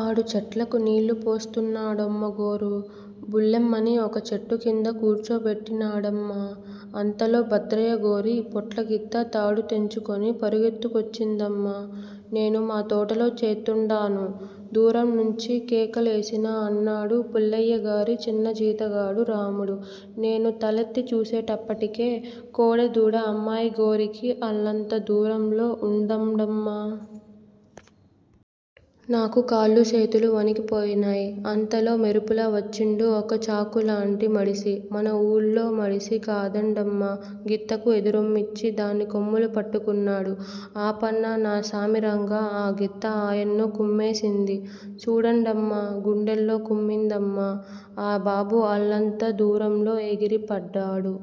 ఆడు చెట్లకు నీళ్ళు పోస్తున్నాడమ్మగోరూ! బుల్లెమ్మని ఒక చెట్టుకింద కూచోబెట్టినాడమ్మ. అంతలో భద్రయ్యగోరి పోట్లగిత్త తాడు తెంచుకొని పరుగెత్తుకొచ్చిందమ్మ. నేను మా తోటలో చేత్తుండాను. దూరాన్నుంచి కేకలు ఏసినా అన్నాడు పుల్లయ్యగారి చిన జీతగాడు రాముడు. నేను తలెత్తి చూసేటప్పటికే కోడెదూడ అమ్మాయిగోరికి అల్లంత దూరంలో ఉందండమ్మా! నాకు కాళ్ళు సేతులు వణికిపోయినాయ్. అంతలో మెరుపులా వచ్చిండు ఒక చాకులాంటి మడిసి. మన వూళ్ళో మడిసి కాదండమ్మా! గిత్తకు ఎదుర్రొమ్మిచ్చి దాని కొమ్ములు పట్టుకున్నాడు. ఆపన్న నాసామి రంగా ఆ గిత్త ఆయన్ను కుమ్మేసింది. చూడండమ్మా! గుండెల్లో కుమ్మిందమ్మా! ఆ బాబు అల్లంత దూరంలో ఎగిరి పడ్డాడు.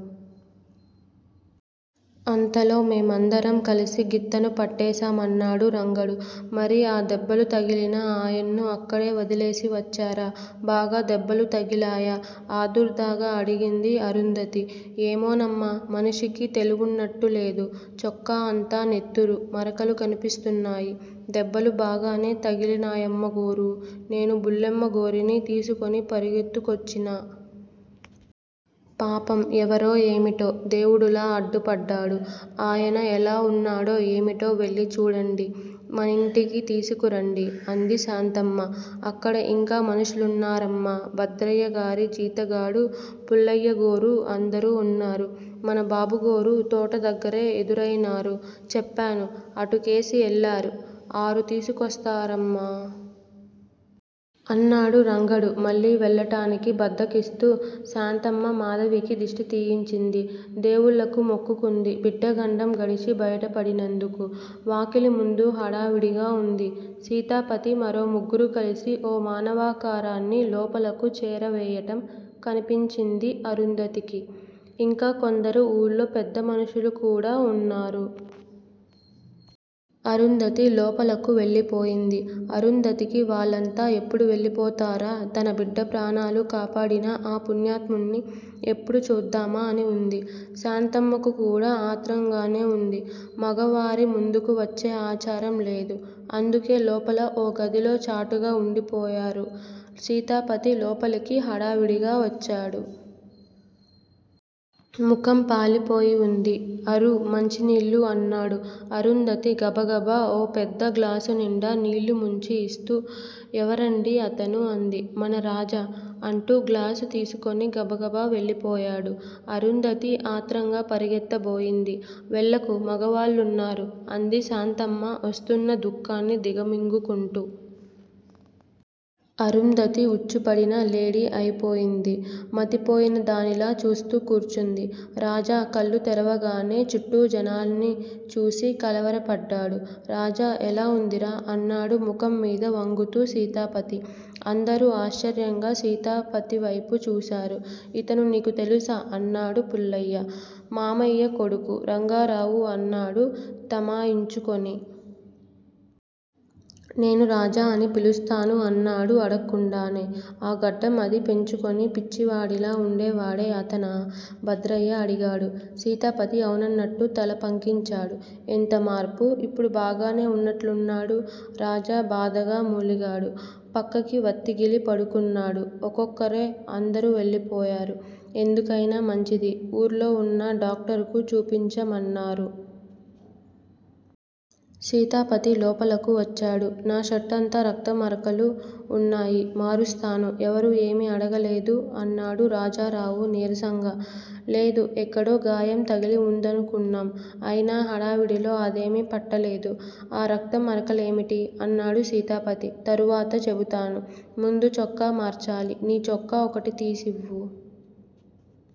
అంతలో మేమందరం కలిసి గిత్తను పట్టేశాం అన్నాడు రంగడు. మరి ఆ దెబ్బలు తగిలిన ఆయన్ను అక్కడే వదిలేసి వచ్చారా? బాగా దెబ్బలు తగిలాయా? ఆదుర్దాగా అడిగింది అరుంధతి. ఏమోనమ్మా మనిషికి తెలివున్నట్టులేదు. చొక్కా అంతా నెత్తురు మరకలు కనిపిస్తున్నాయి. దెబ్బలు బాగానే తగిలాయమ్మగోరూ! నేను బుల్లెమ్మగోరిని తీసుకొని పరుగెత్తుకొచ్చినా. పాపం! ఎవరో ఏమిటో! దేవుడులా అడ్డుపడ్డాడు. ఆయన ఎలా ఉన్నాడో ఏమిటో వెళ్ళి చూడండి. మనింటికి తీసుకురండి అంది శాంతమ్మ. అక్కడ ఇంకా మనుషులున్నారమ్మా! భద్రయ్యగారి జీతగాడూ పుల్లయ్యగోరూ అందరూ ఉన్నారు. మన బాబుగోరు తోట దగ్గరే ఎదురయినారు. చెప్పాను. అటుకేసి ఎల్లారు, ఆరు తీసుకొస్తారమ్మా! అన్నాడు రంగడు మళ్ళీ వెళ్ళటానికి బద్ధకిస్తూ. శాంతమ్మ మాధవికి దిష్టి తీయించింది. దేవుళ్ళకు మొక్కుకుంది బిడ్డ గండం గడిచి బయటపడినందుకు. వాకిలిముందు హడావిడిగా ఉంది. సీతాపతీ మరో ముగ్గురు కలిసి ఓ మానవాకారాన్ని లోపలకు చేరవేయటం కనిపించింది అరుంధతికి. ఇంకా కొందరు ఊళ్ళో పెద్దమనుషులు కూడా ఉన్నారు. అరుంధతి లోపలకు వెళ్ళిపోయింది. అరుంధతికి వాళ్ళంతా ఎప్పుడు వెళ్ళిపోతారా, తన బిడ్డ ప్రాణాలు కాపాడిన ఆ పుణ్యాత్ముణ్ణి ఎప్పుడు చూద్దామా అని ఉంది. శాంతమ్మకుకూడా ఆత్రంగానే ఉంది. మగవారి ముందుకు వచ్చే ఆచారం లేదు. అందుకే లోపల ఓ గదిలో చాటుగా ఉండిపోయారు. సీతాపతి లోపలకు హడావిడిగా వచ్చాడు. ముఖం పాలిపోయివుంది. అరూ! మంచినీళ్ళు! అన్నాడు. అరుంధతి గబగబా ఓ పెద్ద గ్లాసునిండా నీళ్ళు ముంచి ఇస్తూ ఎవరండీ అతను? అంది. మన రాజా! అంటూ గ్లాసు తీసుకొని గబగబా వెళ్ళిపోయాడు. అరుంధతి ఆత్రంగా పరుగెత్తబోయింది. వెళ్ళకు మగవాళ్ళున్నారు అంది శాంతమ్మ వస్తున్న దుఃఖాన్ని దిగమింగుకుంటూ. అరుంధతి ఉచ్చుపడిన లేడి అయిపోయింది. మతిపోయినదానిలా చూస్తూ కూర్చుంది. రాజా కళ్ళు తెరవగానే చుట్టూ జనాన్ని చూసి కలవరపడ్డాడు. రాజా! ఎలా ఉందిరా? అన్నాడు ముఖంమీద వంగుతూ సీతాపతి. అందరూ ఆశ్చర్యంగా సీతాపతివైపు చూశారు. ఇతను నీకు తెలుసా? అన్నాడు పుల్లయ్య. మామయ్య కొడుకు, రంగారావు అన్నాడు తమాయించుకొని. నేను రాజా అని పిలుస్తాను అన్నాడు అడక్కుండానే. ఆ గడ్డం అదీ పెంచుకొని, పిచ్చివాడిలా వుండేవాడే అతనా? భద్రయ్య అడిగాడు. సీతాపతి ఔనన్నట్టు తల పంకించాడు. ఎంతమార్పు? ఇప్పుడు బాగానే వున్నట్లున్నాడు. రాజా బాధగా మూలిగాడు. పక్కకి వత్తిగిలి పడుకున్నాడు. ఒక్కొక్కరే అందరూ వెళ్ళిపోయారు. ఎందుకయినా మంచిది, ఊళ్ళోవున్న డాక్టరుకు చూపించమన్నారు. సీతాపతి లోపలకు వచ్చాడు. నా షర్టంతా రక్తం మరకలు వున్నాయి. మారుస్తాను. ఎవరూ ఏమీ అడగలేదూ? అన్నాడు రాజారావు నీరసంగా. లేదు, ఎక్కడో గాయం తగిలి వుంటుందనుకున్నాం. అయినా హడావిడిలో అదేమీ పట్టలేదు. ఆ రక్తంమరకలేమిటి? అన్నాడు సీతాపతి. తరువాత చెబుతాను. ముందు చొక్కా మార్చాలి. నీ చొక్కా ఒకటి తీసి ఇవ్వు